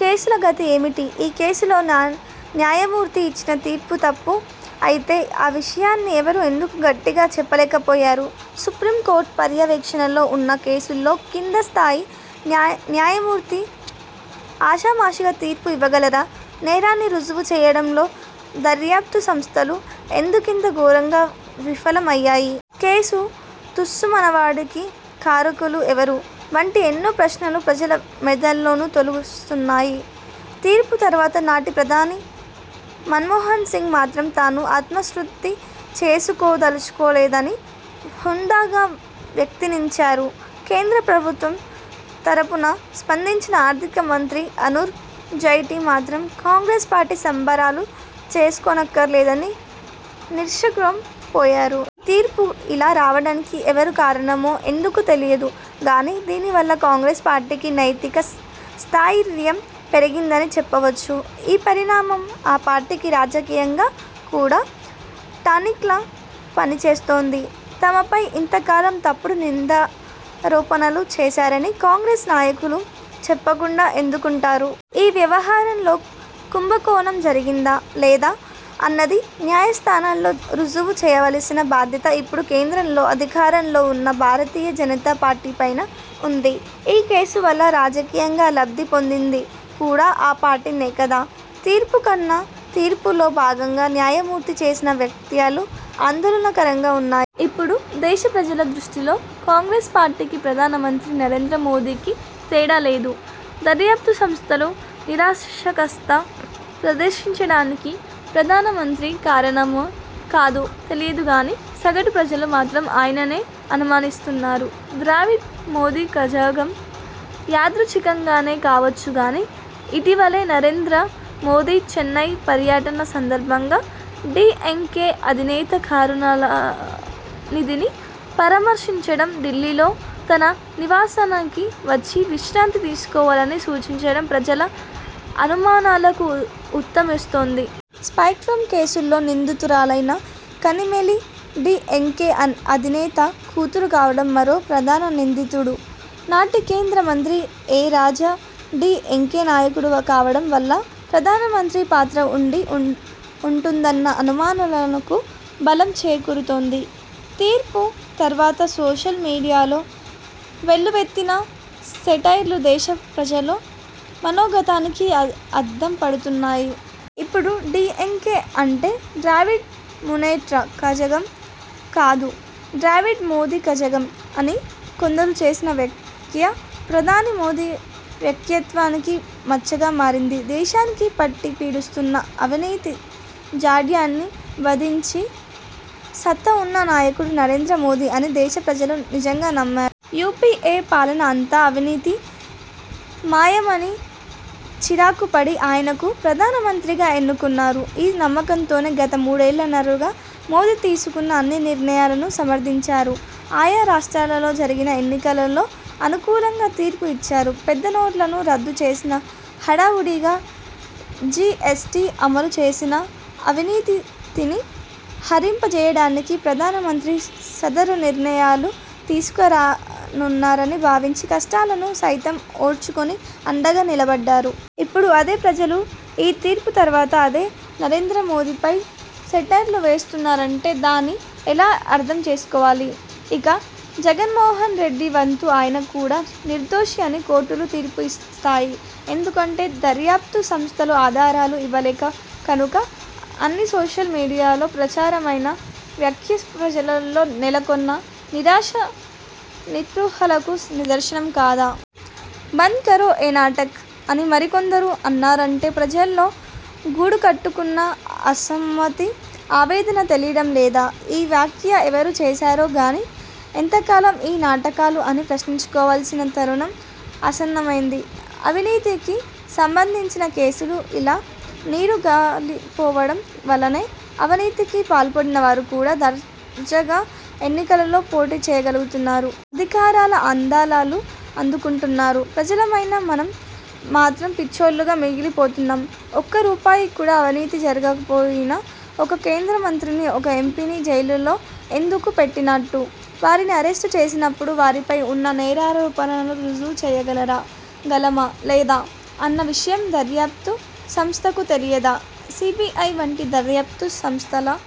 కేసుల గతి ఏమిటి? ఈ కేసులో నా న్యాయమూర్తి ఇచ్చిన తీర్పు తప్పు అయితే ఆ విషయాన్ని ఎవరూ ఎందుకు గట్టిగా చెప్పలేకపోయారు? సుప్రీంకోర్టు పర్యవేక్షణలో ఉన్న కేసులో కిందస్థాయి న్యాయ న్యాయమూర్తి ఆషామాషీగా తీర్పు ఇవ్వగలరా? నేరాన్ని రుజువు చేయడంలో దర్యాప్తు సంస్థలు ఎందుకింత ఘోరంగా విఫలం అయ్యాయి? కేసు తుస్సుమనడానికి కారకులు ఎవరు? వంటి ఎన్నో ప్రశ్నలు ప్రజల మెదళ్లను తొలుస్తున్నాయి. తీర్పు తర్వాత నాటి ప్రధాని మన్మోహన్సింగ్ మాత్రం తాను ఆత్మస్తుతి చేసుకోదలుచుకోలేదని హుందాగా వ్యాక్తినించారు. కేంద్ర ప్రభుత్వం తరఫున స్పందించిన ఆర్థిక మంత్రి అరుణ్ జైట్లీ మాత్రం కాంగ్రెస్ పార్టీ సంబరాలు చేసుకోనక్కర్లేదని నిషగ్రాం పోయారు. ఈ తీర్పు ఇలా రావడానికి ఎవరు కారణమో, ఎందుకో తెలియదు గానీ, దీనివల్ల కాంగ్రెస్ పార్టీకి నైతిక స్థయిర్యం పెరిగిందని చెప్పవచ్చు. ఈ పరిణామం ఆ పార్టీకి రాజకీయంగా కూడా టానిక్లా పనిచేస్తుంది. తమపై ఇంతకాలం తప్పుడు నిందారోపణలు చేశారని కాంగ్రెస్ నాయకులు చెప్పుకోకుండా ఎందుకుంటారు. ఈ వ్యవహారంలో కుంభకోణం జరిగిందా? లేదా? అన్నది న్యాయస్థానాల్లో రుజువు చేయవలసిన బాధ్యత ఇప్పుడు కేంద్రంలో అధికారంలో ఉన్న భారతీయ జనతా పార్టీపైన ఉంది. ఈ కేసు వల్ల రాజకీయంగా లబ్ధి పొందింది కూడా ఆ పార్టీనే కదా! తీర్పుకన్నా తీర్పులో భాగంగా న్యాయమూర్తి చేసిన వ్యఖ్యలు ఆందోళనకరంగా ఉన్నాయి. ఇప్పుడు దేశ ప్రజల దృష్టిలో కాంగ్రెస్ పార్టీకి, ప్రధానమంత్రి నరేంద్ర మోదీకి తేడా లేదు! దర్యాప్తు సంస్థలు నిరాసక్తత ప్రదర్శించడానికి ప్రధానమంత్రి కారణమో కాదో తెలియదు గానీ, సగటు ప్రజలు మాత్రం ఆయననే అనుమానిస్తున్నారు. ద్రవిడ మోదీ కజగం! యాథృచ్ఛికంగానే కావచ్చుగానీ ఇటీవలే నరేంద్ర మోదీ చెన్నై పర్యటన సందర్భంగా డీఎంకే అధినేత కరుణానిధిని పరామర్శించడం, ఢిల్లీలో తన నివాసానికి వచ్చి విశ్రాంతి తీసుకోవాలని సూచించడం ప్రజల అనుమానాలకు ఉతమిస్తోంది. స్పెక్ట్రమ్ కేసులో నిందితురాలైన కనిమొళి డీఎంకే అధినేత కూతురు కావడం, మరో ప్రధాన నిందితుడు, నాటి కేంద్ర మంత్రి ఎ. రాజా డీఎంకే నాయకుడు కావడం వల్ల ప్రధానమంత్రి పాత్ర ఉండి ఉంటుందన్న అనుమానాలకు బలం చేకూరుతోంది. తీర్పు తర్వాత సోషల్ మీడియాలో వెల్లువెత్తిన సెటైర్లు దేశ ప్రజల మనోగతానికి అ అద్దం పడుతున్నాయి. ఇప్పుడు డీఎంకే అంటే ద్రావిడ్ మున్నేట్ర కజగం కాదు, ద్రవిడ్ మోదీ కజగం అని కొందరు చేసిన వ్యాఖ్య ప్రధాని మోదీ వ్యక్తిత్వానికి మచ్చగా మారింది. దేశాన్ని పట్టి పీడిస్తున్న అవినీతి జాడ్యాన్ని వదించే సత్తా ఉన్న నాయకుడు నరేంద్ర మోదీ అని దేశ ప్రజలు నిజంగా నమ్మారు. యూపీఏ పాలన అంతా అవినీతి మాయమని చిరాకుపడి, ఆయనకు ప్రధానమంత్రిగా ఎన్నుకున్నారు. ఈ నమ్మకంతోనే గత మూడున్నరేళ్లుగా మోదీ తీసుకున్న అన్ని నిర్ణయాలనూ సమర్థించారు. ఆయా రాష్ర్టాలలో జరిగిన ఎన్నికలలో అనుకూలంగా తీర్పు ఇచ్చారు. పెద్దనోట్లను రద్దు చేసినా, హడావుడిగా జీఎస్టీ అమలుచేసినా అవినీతిని హరింపజేయడానికే ప్రధానమంత్రి సదరు నిర్ణయాలు తీసుకున్నారని భావించి కష్టాలను సైతం ఓర్చుకుని అండగా నిలబడ్డారు. ఇప్పుడు అదే ప్రజలు ఈ తీర్పు తర్వాత అదే నరేంద్ర మోదీపై సెటైర్లు వేస్తున్నారంటే దాన్ని ఎలా అర్థం చేసుకోవాలి? 'ఇక జగన్మోహన్ రెడ్డి వంతు ఆయన కూడా నిర్దోషి అని కోర్టులు తీర్పు ఇస్తాయి. ఎందుకంటే దర్యాప్తు సంస్థలు ఆధారాలు ఇవ్వలేక కనుక' అని సోషల్ మీడియాలో ప్రచారమైన వ్యాఖ్య ప్రజలలో నెలకొన్న నిరాశా నిస్పృహలకు నిదర్శనం కాదా! 'బంద్ కరో ఏ నాటక్' అని మరికొందరు అన్నారంటే ప్రజలలో గూడుకట్టుకున్న అసమ్మతి, ఆవేదన తెలియడం లేదా? ఈ వ్యాఖ్య ఎవరు చేశారో గానీ ఎంతకాలం ఈ నాటకాలు అని ప్రశ్నించుకోవలసిన తరుణం ఆసన్నమైంది. అవినీతికి సంబంధించిన కేసులు ఇలా నీరు గారిపోవడం వల్లనే అవినీతికి పాల్పడిన వారు కూడా దర్జాగా ఎన్నికలలో పోటీ చేయగలుగుతున్నారు. అధికారల అందలాలు అందుకుంటున్నారు. ప్రజలమైన మనం మాత్రం పిచ్చోళ్లుగా మిగిలి పోతున్నాం. ఒక్క రూపాయి కూడా అవినీతి జరగకపోయినా ఒక కేంద్ర మంత్రిని, ఒక ఎంపీని జైలులో ఎందుకు పెట్టినట్టు? వారిని అరెస్ట్ చేసినప్పుడు వారిపై ఉన్న నేరారోపణను రుజువు చేయగలరా గలమా? లేదా? అన్న విషయం దర్యాప్తు సంస్థలకు తెలియదా? సీబీఐ వంటి దర్యాప్తు సంస్థల